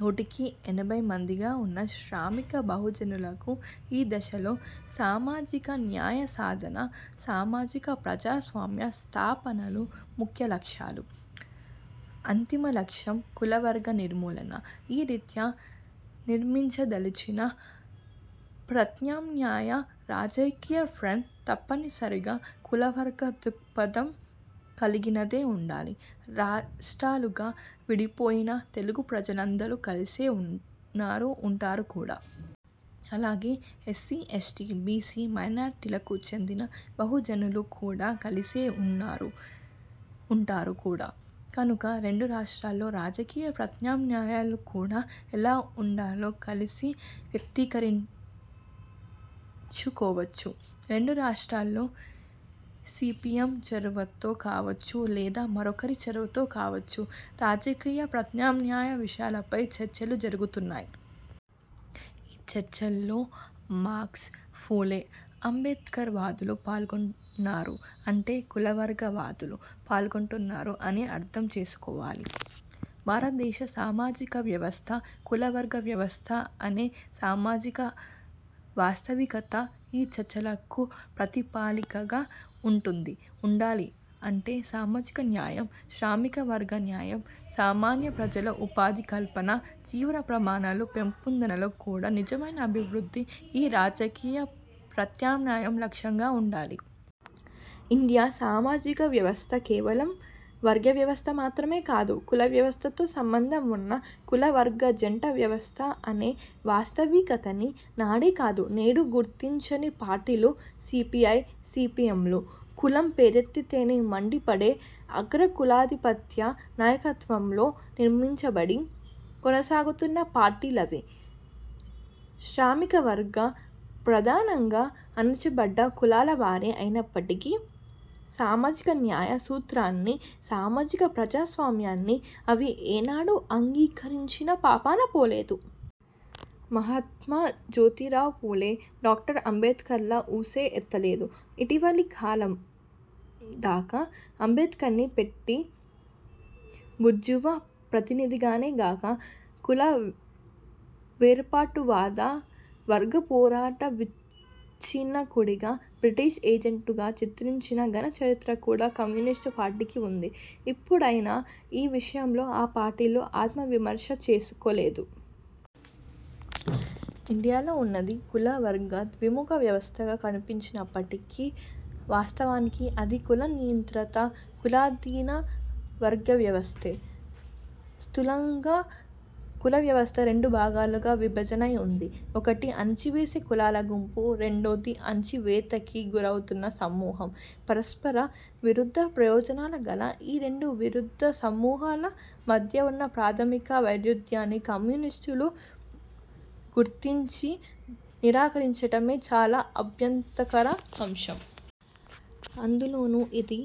నూటికి ఎనభై మందిగా వున్న శ్రామిక బహుజనులకు ఈ దశలో సామాజిక న్యాయ సాధన, సామాజిక ప్రజాస్వామ్య స్థాపనలు ముఖ్య లక్ష్యాలు. అంతిమ లక్ష్యం, కుల-వర్గ నిర్మూలన. ఈ రీత్యా నిర్మించ దలచిన ప్రత్యామ్నాయ రాజకీయ ఫ్రంట్ తప్పనిసరిగా కుల-వర్గ దృక్పథం కలిగినదై వుండాలి. రాష్ట్రాలుగా విడిపోయినా, తెలుగు ప్రజలందరూ కలిసే ఉన్నారు, ఉంటారు కూడా. అలాగే, ఎస్సీ, ఎస్టీ, బీసీ, మైనార్టీలకు చెందిన బహుజనులు కూడా కలిసే ఉన్నారు, ఉంటారు కూడా. కనుక, రెండు రాష్ట్రాల్లో రాజకీయ ప్రత్యామ్నాయాలు కూడా ఎలా వుండాలో కలిసి వ్యక్తీకరించుకోవచ్చు. రెండు రాష్ట్రాల్లో సీపీఎం చొరవతో కావొచ్చు, లేదా మరొకరి చొరవతో కావచ్చు రాజకీయ ప్రత్యామ్నాయ విషయమై చర్చలు జరుగుతున్నాయి. ఈ చర్చల్లో మార్క్స్, ఫూలే– అంబేద్కర్ వాదులు పాల్గొంటొన్నారు. అంటే, కుల-వర్గ వాదులు పాల్గొంటున్నారు అని అర్థం చేసుకోవాలి. భారతదేశ సామాజిక వ్యవస్థ కుల-వర్గ వ్యవస్థ అనే సామాజిక వాస్తవికత ఈ చర్చలకు ప్రాతిపదికగా వుంటుంది. ఉండాలి. అంటే, సామాజిక న్యాయం, శ్రామిక వర్గ న్యాయం, సామాన్య ప్రజల ఉపాధి కల్పన, జీవన ప్రమాణాల పెంపుదలతో కూడిన నిజమైన అభివృద్ధి ఈ రాజకీయ ప్రత్యామ్నాయం లక్ష్యంగా వుండాలి. ఇండియా సామాజికవ్యవస్థ కేవలం వర్గ వ్యవస్థ మాత్రమే కాదు. కుల వ్యవస్థతో సంబంధం వున్న కుల–వర్గ జంట వ్యవస్థ అనే వాస్తవికతని, నాడే కాదు, నేడూ గుర్తించని పార్టీలు సీపీఐ, సీపీఎంలు. కులం పేరెత్తితేనే మండిపడే అగ్రకులాధిపత్య నాయకత్వంలో నిర్మించబడి, కొనసాగుతున్న పార్టీలవి. శ్రామికవర్గం ప్రధానంగా అణచబడ్డ కులాలవారే అయినప్పటికీ, సామాజికన్యాయ సూత్రాన్నీ, సామాజిక ప్రజాస్వామ్యాన్నీ అవి ఏనాడూ అంగీకరించిన పాపానపోలేదు. మహాత్మ జోతిరావు ఫూలే – డాక్టర్ అంబేడ్కర్ల ఊసే ఎత్తలేదు. ఇటీవలి కాలందాకా అంబేడ్కర్ని పెట్టి బూర్జువా ప్రతినిధిగానే గాక, కులవేర్పాటువాద వర్గపోరాట విచ్ఛిన్నకుడిగా, బ్రిటిష్ ఏజెంటుగా చిత్రించిన ఘన చరిత్ర కూడా కమ్యూనిస్టు పార్టీకి వుంది. ఇప్పుడైనా ఈ విషయంలో ఆ పార్టీలు ఆత్మవిమర్శ చేసుకోలేదు. ఇండియాలో వున్నది కుల–వర్గ ద్విముఖ వ్యవస్థగా కనిపించినప్పటికీ, వాస్తవానికి అది కుల నియంత్రిత, కులాధీన వర్గ వ్యవస్థే. స్థూలంగా కులవ్యవస్థ రెండు భాగాలుగా విభజనై వుంది. ఒకటి, అణచివేసే కులాల గుంపు – రెండోది, అణచవేతకి గురవుతున్న సమూహం. పరస్పర విరుద్ధ ప్రయోజనాలు గల ఈ రెండు విరుద్ధ సమూహాల మధ్యవున్న ప్రాథమిక వైరుధ్యాన్ని కమ్యూనిస్టులు గుర్తించ నిరాకరించటమే చాలా అభ్యంతరకర అంశం. అందులోనూ, ఇది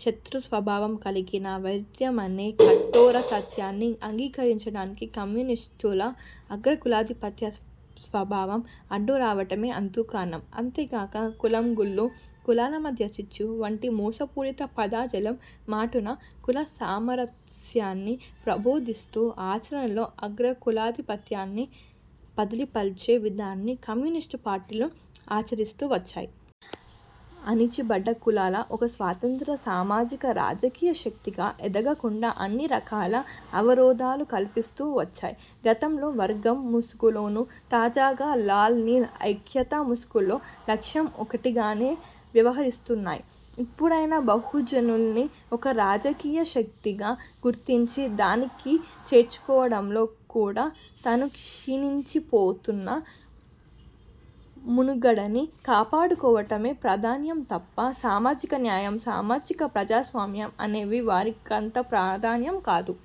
శత్రుస్వభావం కలిగిన వైరుధ్యమనే కఠోర సత్యాన్ని అంగీకరించటానికి కమ్యూనిస్టుల అగ్రకులాధిపత్య స్వభావం అడ్డురావటమే అందుకు కారణం. అంతేగాక, 'కులం కుళ్లు', 'కులాల మధ్య చిచ్చు' వంటి మోసపూరిత పదజాలం మాటున కులసామరస్యాన్ని ప్రబోధిస్తూ ఆచరణలో అగ్రకులాధిపత్యాన్ని పదిలపర్చే విధానాన్ని కమ్యూనిస్టు పార్టీలు ఆచరిస్తూ వచ్చాయి. అణచబడ్డ కులాలు ఒక స్వతంత్ర సామాజిక రాజకీయ శక్తిగా ఎదగకుండా అన్నిరకాల అవరోధాలూ కల్పిస్తూ వచ్చాయి. గతంలో వర్గం ముసుగులోనూ, తాజాగా 'లాల్–నీల్' ఐక్యత ముసుగులో లక్ష్యం ఒకటిగానే వ్యవహరిస్తున్నాయి. ఇప్పుడైనా బహుజనుల్ని ఒక రాజకీయశక్తిగా గుర్తించి దగ్గరికి చేర్చుకోవటంలో కూడా తమ క్షీణించిపోతోన్న మనుగడని కాపాడుకోవటమే ప్రధానం తప్ప, సామాజిక న్యాయం, సామాజిక ప్రజాస్వామ్యం అనేవి వారికంత ప్రధానం కాదు.